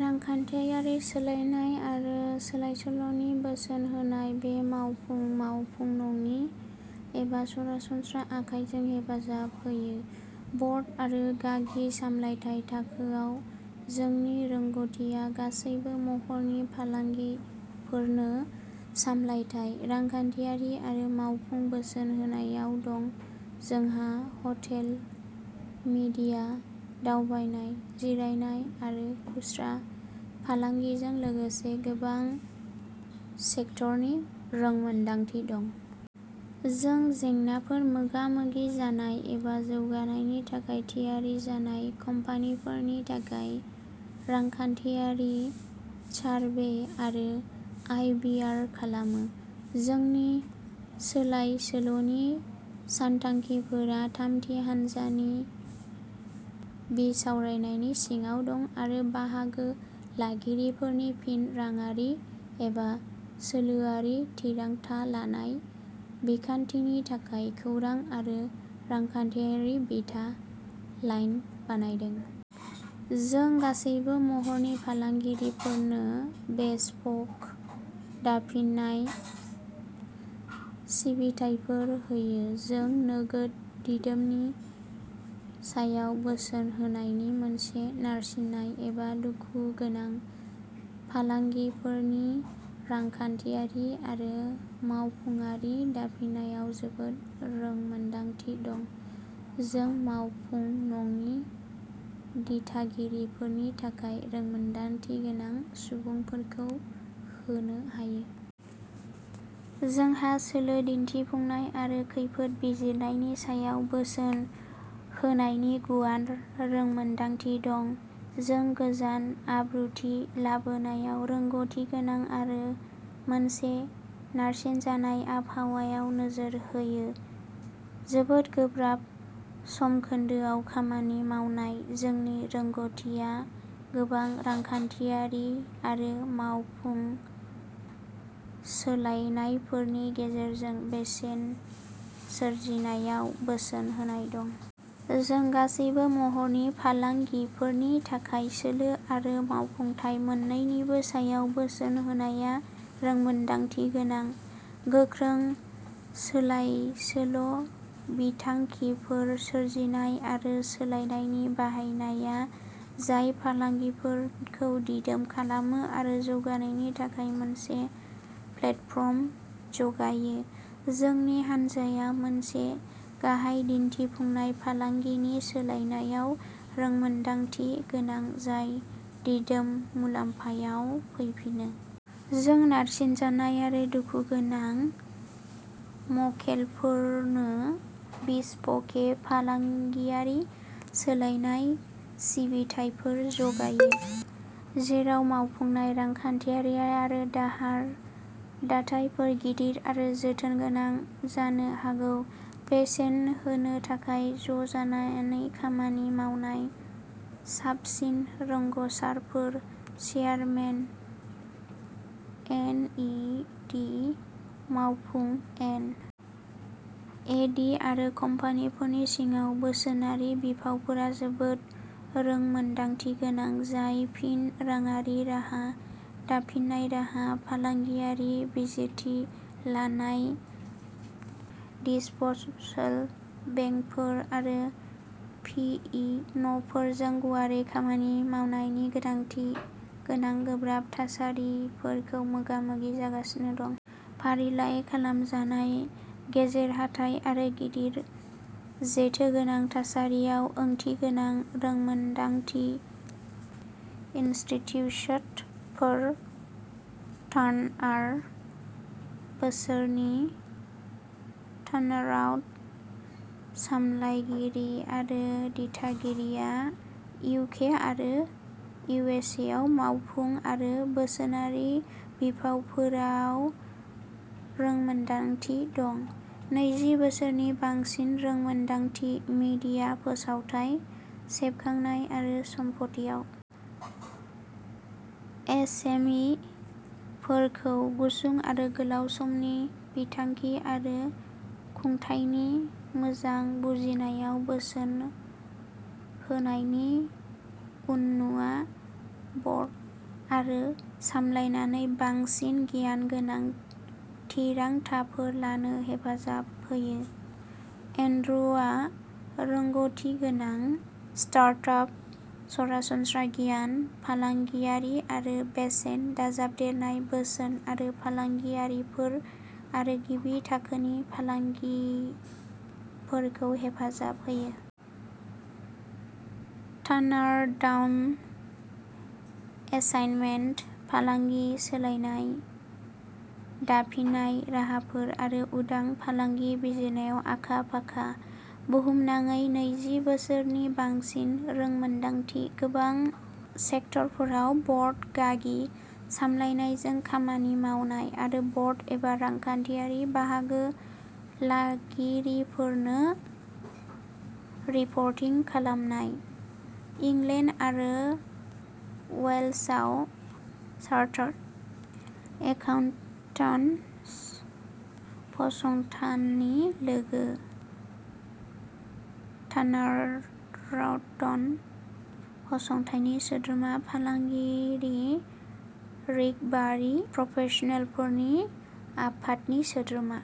रांखान्थियारि सोलायनाय आरो सोलायसोल'नि बोसोन होनाय। बे मावफुं, मावफुं-नङि एबा सरासनस्रा "आखायजों" हेफाजाब होयो बर्ड आरो गागि सामलायथाय थाखोआव। जोंनि रोंग'थिआ गासैबो महरनि फालांगिफोरनो सामलायथाय, रांखान्थियारि आरो मावफुं बोसोन होनायाव दं। जोंहा हटेल, मीडिया, दावबायनाय, जिरायनाय आरो खुस्रा फालांगिजों लोगोसे गोबां-सेक्टरनि रोंमोनदांथि दं। जों जेंनाफोर मोगा-मोगि जानाय एबा जौगानायनि थाखाय थियारि जानाय कम्पानिफोरनि थाखाय रांखान्थियारि सारभे आरो आइ बि आर खालामो। जोंनि सोलायसोल'नि सानथांखिफोरा थामथि-हान्जानि बिसावरायनायनि सिङाव दं आरो बाहागो लागिरिफोरनि फिन-राङारि एबा सोलोआरि थिरांथा लानाय बिखान्थिनि थाखाय "खौरां आरो रांखान्थियारि बिथा लाइन" बानायदों। जों गासैबो महरनि फालांगिफोरनो बेसपोक दाफिननाय सिबिथाइफोर होयो। जों नोगोद दिदोमथिनि सायाव बोसोन होनायजों लोगोसे नारसिनजानाय एबा दुखुगोनां फालांगिफोरनि रांखान्थियारि आरो मावफुंआरि दाफिननायाव जोबोद रोंमोनदांथि दं। जों मावफुं-नङि दिथागिरिफोरनि थाखाय रोंमोनदांथिगोनां सुबुंफोरखौ होनो हायो। जोंहा सोलो, दिन्थिफुंनाय आरो खैफोद बिजिरनायनि सायाव बोसोन होनायनि गुवार रोंमोनदांथि दं। जों गोजोन, आब्रुथि लाबोनायाव रोंग'थिगोनां आरो मोनसे नारसिनजानाय आबहावायाव नोजोर होयो। जोबोर गोब्राब समखोन्दोआव खामानि मावनाय। जोंनि रोंग'थियाव गोनां रांखान्थियारि आरो मावफुं सोलायनायफोरनि गेजेरजों बेसेन सोरजिनायाव बोसोन होनाय दं। जों गासैबो महरनि फालांगिफोरनि थाखाय सोलो आरो मावफुंथाय मोन्नैनिबो सायाव बोसोन होनायाव रोंमोनदांथि गोनां। गोख्रों सोलायसोल'बिथांखिफोर सोरजिनाय आरो सोलायनायखौ बाहायनाया जाय फालांगिफोरखौ दिदोम खालामो आरो जौगानायनि थाखाय मोनसे प्लेटफर्म जगायो। जोंनि हानजाया मोनसे गाहाय दिन्थिफुंनाय फालांगिनि सोलायनायाव रोंमोनदांथि गोनां जाय दिदोम मुलाम्फायाव फैफिनो। जों नारसिनजानाय आरो दुखुगोनां मक्केलफोरनो बिस्प'के फालांगियारि सोलायनाय सिबिथाइफोर जगायो जेराव मावफुंथाय, रांखान्थियारि आरो दाहार दाथायफोर गिदिर आरो जेथोगोनां जानो हागौ। बेसेन होनो थाखाय ज'जानानै खामानि मावनाय साबसिन रोंग'सारफोर। Chairman N. इ. डि. मावफुं एन. इ. डि. आरो कम्पानिफोरनि सिङाव बोसोनारि बिफावफोराव जोबोद रोंमोनदांथि गोनां, जाय फिन राङारि राहा, दाफिननाय राहा, फालांगियारि बिजिरथि लायनाय, दिस्प'सल, बेंकफोर आरो पि. इ. न'फोरजों गुवारै खामानि मावनायनि गोनांथि गोनां गोब्राब थासारिफोरखौ मोगा-मोगि जागासिनो दं। फारिलाइ खालामजानाय, गेजेर-हाथाइ आरो गिदिर जेथोगोनां थासारिफोराव ओंथिगोनां रोंमोनदांथि। इनस्टिट्युट फर टार्नआर बोसोर नि टार्नाराउण्ड। सामलायगिरि आरो दिथागिरिया इउके आरो इउएसएआव मावफुं आरो बोसोनारि बिफावफोराव रोंमोनदांथि दं। नैजि बोसोरनि बांसिन रोंमोनदांथि, मीडिया, फोसावथाय, सेबखांनाय आरो सम्फथिआव। एस. एम. इ. फोरखौ गुसुं आरो गोलाव समनि बिथांखि आरो खुंथायनि मोजां बुजिनायआव बोसोन होनायनि उननुआ ब'र्ड आरो सामलायनायखौ साबसिन गियान गोनां थिरांथाफोर लानो हेफाजाब होयो। एन्ड्रुआ रोंग'थिगोनां स्टार्टआप, सरासनस्रा गियान, फालांगियारि आरो बेसेन-दाजाबदेरनाय बोसोन आरो फालांगियारिफोर आरो गिबि थाखोनि फालांगिफोरखौ हेफाजाब होयो। टार्नारडाउन एसाइनमेन्ट, फालांगि सोलायनाय, दाफिननाय राहाफोर आरो उदां फालांगि बिजिरनायाव आखा-फाखा। बुहुमनाङै नैजि बोसोरनि बांसिन रोंमोनदांथि, गोबां सेक्टरफोराव, ब'र्ड गागि सामलायनायजों खामानि मावनाय आरो ब'र्ड एबा रांखान्थियारि बाहागो लागिरिफोरनो रिपर्टिं खालामनाय। इंलेन्ड आरो वेल्सआव चार्टार्ड एकाउन्ट्स फसंथाननि लोगो, टार्नारउन्ड फसंथाननि सोद्रोमा, फालांगि रिकभारि प्रफेसनेलफोरनि आफादनि सोद्रोमा।